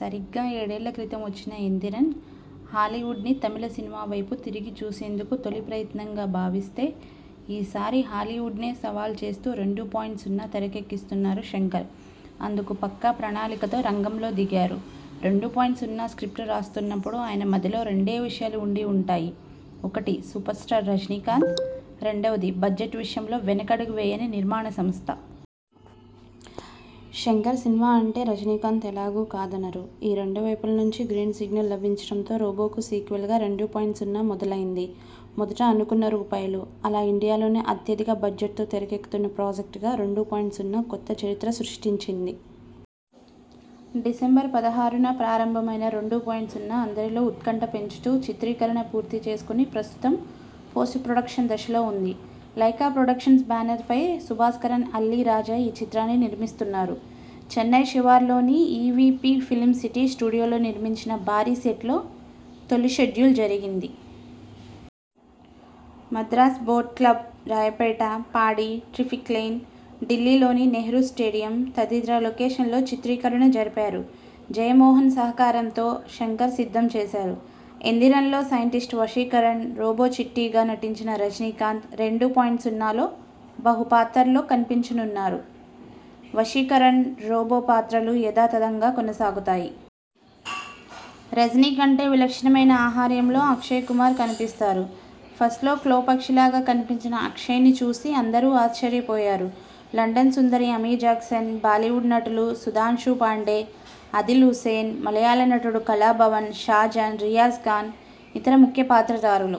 సరిగ్గా ఏడేళ్ల కిత్రం వచ్చిన 'యందిరన్' హాలీవుడ్ని తమిళ సినిమావైపు తిరిగి చూసేందుకు తొలి ప్రయత్నంగా భావిస్తే ఈసారి హాలీవుడ్నే సవాలు చేస్తూ 'రెండు పాయింట్ సున్నా' తెరకెక్కిస్తున్నారు శంకర్. అందుకు పక్కా ప్రణాళికతో రంగంలో దిగారు. 'రెండు పాయింట్ సున్నా' స్క్రిప్ట్ రాస్తున్నప్పుడు ఆయన మదిలో రెండే విషయాలు ఉండి ఉంటాయి ఒకటి సూపర్స్టార్ రజనీకాంత్, రెండోది బడ్జెట్ విషయంలో వెనకడుగు వేయని నిర్మాణ సంస్థ. శంకర్ సినిమా అంటే రజనీకాంత్ ఎలాగూ కాదనరు. ఈ రెండు వైపుల నుంచి గ్రీన్ సిగ్నల్ లభించడంతో 'రోబో'కు సీక్వెల్గా 'రెండు పాయింట్ సున్నా' మొదలైంది. మొదట అనుకొన్న రూపాయలు. అలా ఇండియాలోనే అత్యధిక బడ్జెట్తో తెరకెక్కుతున్న ప్రాజెక్టుగా 'రెండు పాయింట్ సున్నా' కొత్త చరిత్ర సృష్టించింది. డిసెంబర్ పదహారున ప్రారంభమైన 'రెండు పాయింట్ సున్నా' అందరిలో ఉత్కంఠ పెంచుతూ చిత్రీకరణ పూర్తిచేసుకొని ప్రస్తుతం పోస్ట్ ప్రొడక్షన్ దశలో ఉంది. లైకా ప్రొడక్షన్స్ బ్యానర్పై సుభాస్కరన్ అల్లి రాజా ఈ చిత్రాన్ని నిర్మిస్తున్నారు. చెన్నై శివారులోని ఈవీపీ ఫిలిం సిటీ స్టూడియోలో నిర్మించిన భారీ సెట్లో తొలి షెడ్యూల్ జరిగింది. మద్రాస్ బోట్ క్లబ్, రాయపేట, పాడి, ట్రిప్లికేన్, ఢిల్లీలోని నెహ్రూ స్టేడియం తదితర లొకేషన్లలో చిత్రీకరణ జరిపారు. జయమోహన్ సహకారంతో శంకర్ సిద్ధం చేశారు. 'యందిరన్'లో సైంటిస్ట్ వశీకరణ్, రోబో చిట్టిగా నటించిన రజనీకాంత్ 'రెండు పాయింట్ సున్నా'లో బహు పాత్రల్లో కనిపించనున్నారు. వశీకరణ్, రోబో పాత్రలు యథాతథంగా కొనసాగుతాయి. రజనీ కంటే విలక్షణమైన ఆహార్యంలో అక్షయ్ కుమార్ కనిపిస్తారు. ఫస్ట్ లో క్లో పక్షిలాగా కనిపించిన అక్షయ్ ని చూసి అందరూ ఆశ్చర్యపోయారు. లండన్ సుందరి అమీ జాక్సన్, బాలీవుడ్ నటులు సుధాంశు పాండే, ఆదిల్ హుస్సేన్, మలయాళ నటుడు 'కళాభవన్' షాజాన్, రియాజ్ఖాన్ ఇతర ముఖ్య పాత్రధారులు.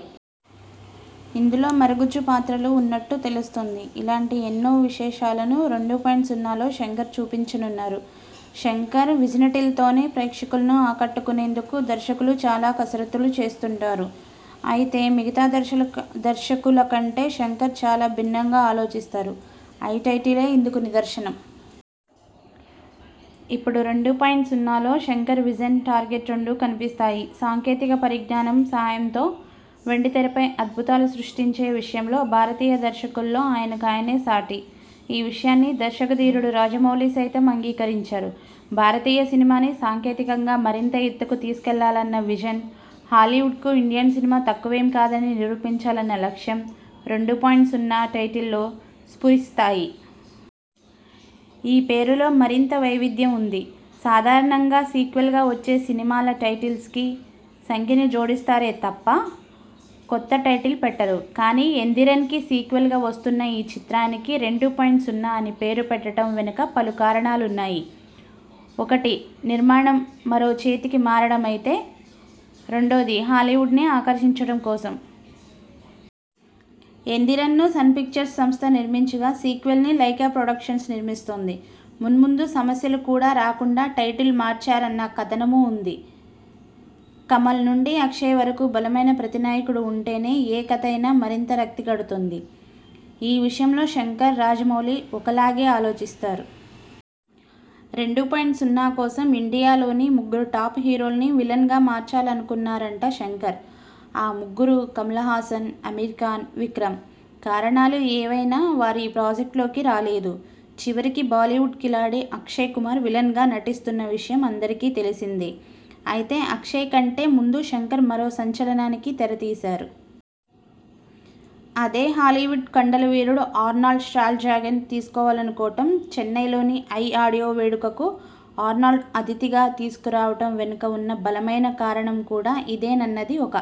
ఇందులో మరుగుజ్జు పాత్రలూ ఉన్నట్లు తెలుస్తోంది. ఇలాంటి ఎన్నో విశేషాలను 'రెండు పాయింట్ సున్నా'లో శంకర్ చూపించనున్నారు. శంకర్ విజన్టైటిల్తోనే ప్రేక్షకుల్ని ఆకట్టుకునేందుకు దర్శకులు చాలా కసరత్తులు చేస్తుంటారు. అయితే మిగతా దర్శకుల కంటే శంకర్ చాలా భిన్నంగా ఆలోచిస్తారు. 'ఐ' టైటిలే ఇందుకు నిదర్శనం. ఇప్పుడు 'రెండు పాయింట్ సున్నా'లో శంకర్ విజన్, టార్గెట్ రెండూ కనిపిస్తాయి. సాంకేతిక పరిజ్ఞానం సాయంతో వెండితెరపై అద్భుతాలు సృష్టించే విషయంలో భారతీయ దర్శకుల్లో ఆయనకు ఆయనే సాటి. ఈ విషయాన్ని దర్శక ధీరుడు రాజమౌళి సైతం అంగీకరించారు. భారతీయ సినిమాని సాంకేతికంగా మరింత ఎత్తుకు తీసుకెళ్లాలన్న విజన్, హాలీవుడ్కు ఇండియన్ సినిమా తక్కువేం కాదని నిరూపించాలన్న లక్ష్యం 'రెండు పాయింట్ సున్నా' టైటిల్లో స్ఫురిస్తాయి. ఈ పేరులో మరింత వైవిధ్యం ఉంది. సాధారణంగా సీక్వెల్గా వచ్చే సినిమాల టైటిల్స్కి సంఖ్యను జోడిస్తారే తప్ప కొత్త టైటిల్ పెట్టరు. కానీ, 'యందిరన్'కి సీక్వెల్గా వస్తున్న ఈ చిత్రానికి 'రెండు పాయింట్ సున్నా' అని పేరు పెట్టడం వెనుక పలు కారణాలున్నాయి. ఒకటి నిర్మాణం మరో చేతికి మారడమైతే, రెండోది హాలీవుడ్నీ ఆకర్షించడం కోసం. 'యందిరన్'ను సన్ పిక్చర్స్ సంస్థ నిర్మించగా, సీక్వెల్ను లైకా ప్రొడక్షన్స్ నిర్మిస్తోంది. మున్ముందు సమస్యలు కూడా రాకుండా టైటిల్ను మార్చారన్న కథనమూ ఉంది. కమల్ నుండి అక్షయ్ వరకు బలమైన ప్రతినాయకుడు ఉంటేనే ఏ కథయినా మరింత రక్తి కడుతుంది. ఈ విషయంలో శంకర్, రాజమౌళి ఒకలాగే ఆలోచిస్తారు. 'రెండు పాయింట్ సున్నా' కోసం ఇండియాలోని ముగ్గురు టాప్ హీరోల్ని విలన్గా మార్చాలనుకున్నారట శంకర్. ఆ ముగ్గురూ కమల్హాసన్, ఆమిర్ఖాన్, విక్రమ్. కారణాలు ఏవైనా వారు ఈ ప్రాజెక్టులోకి రాలేదు. చివరికి బాలీవుడ్ కిలాడీ అక్షయ్ కుమార్ విలన్గా నటిస్తున్న విషయం అందరికీ తెలిసిందే. అయితే అక్షయ్ కంటే ముందు శంకర్ మరో సంచలనానికి తెరతీశారు. అదే హాలీవుడ్ కండలవీరుడు ఆర్నాల్డ్ ష్వార్జ్నెగ్గర్ను తీసుకోవాలనుకోవడం. చెన్నైలో 'ఐ' ఆడియో వేడుకకు ఆర్నాల్డ్ను అతిథిగా తీసుకురావడం వెనుక ఉన్న బలమైన కారణం కూడా ఇదేనన్నది ఒక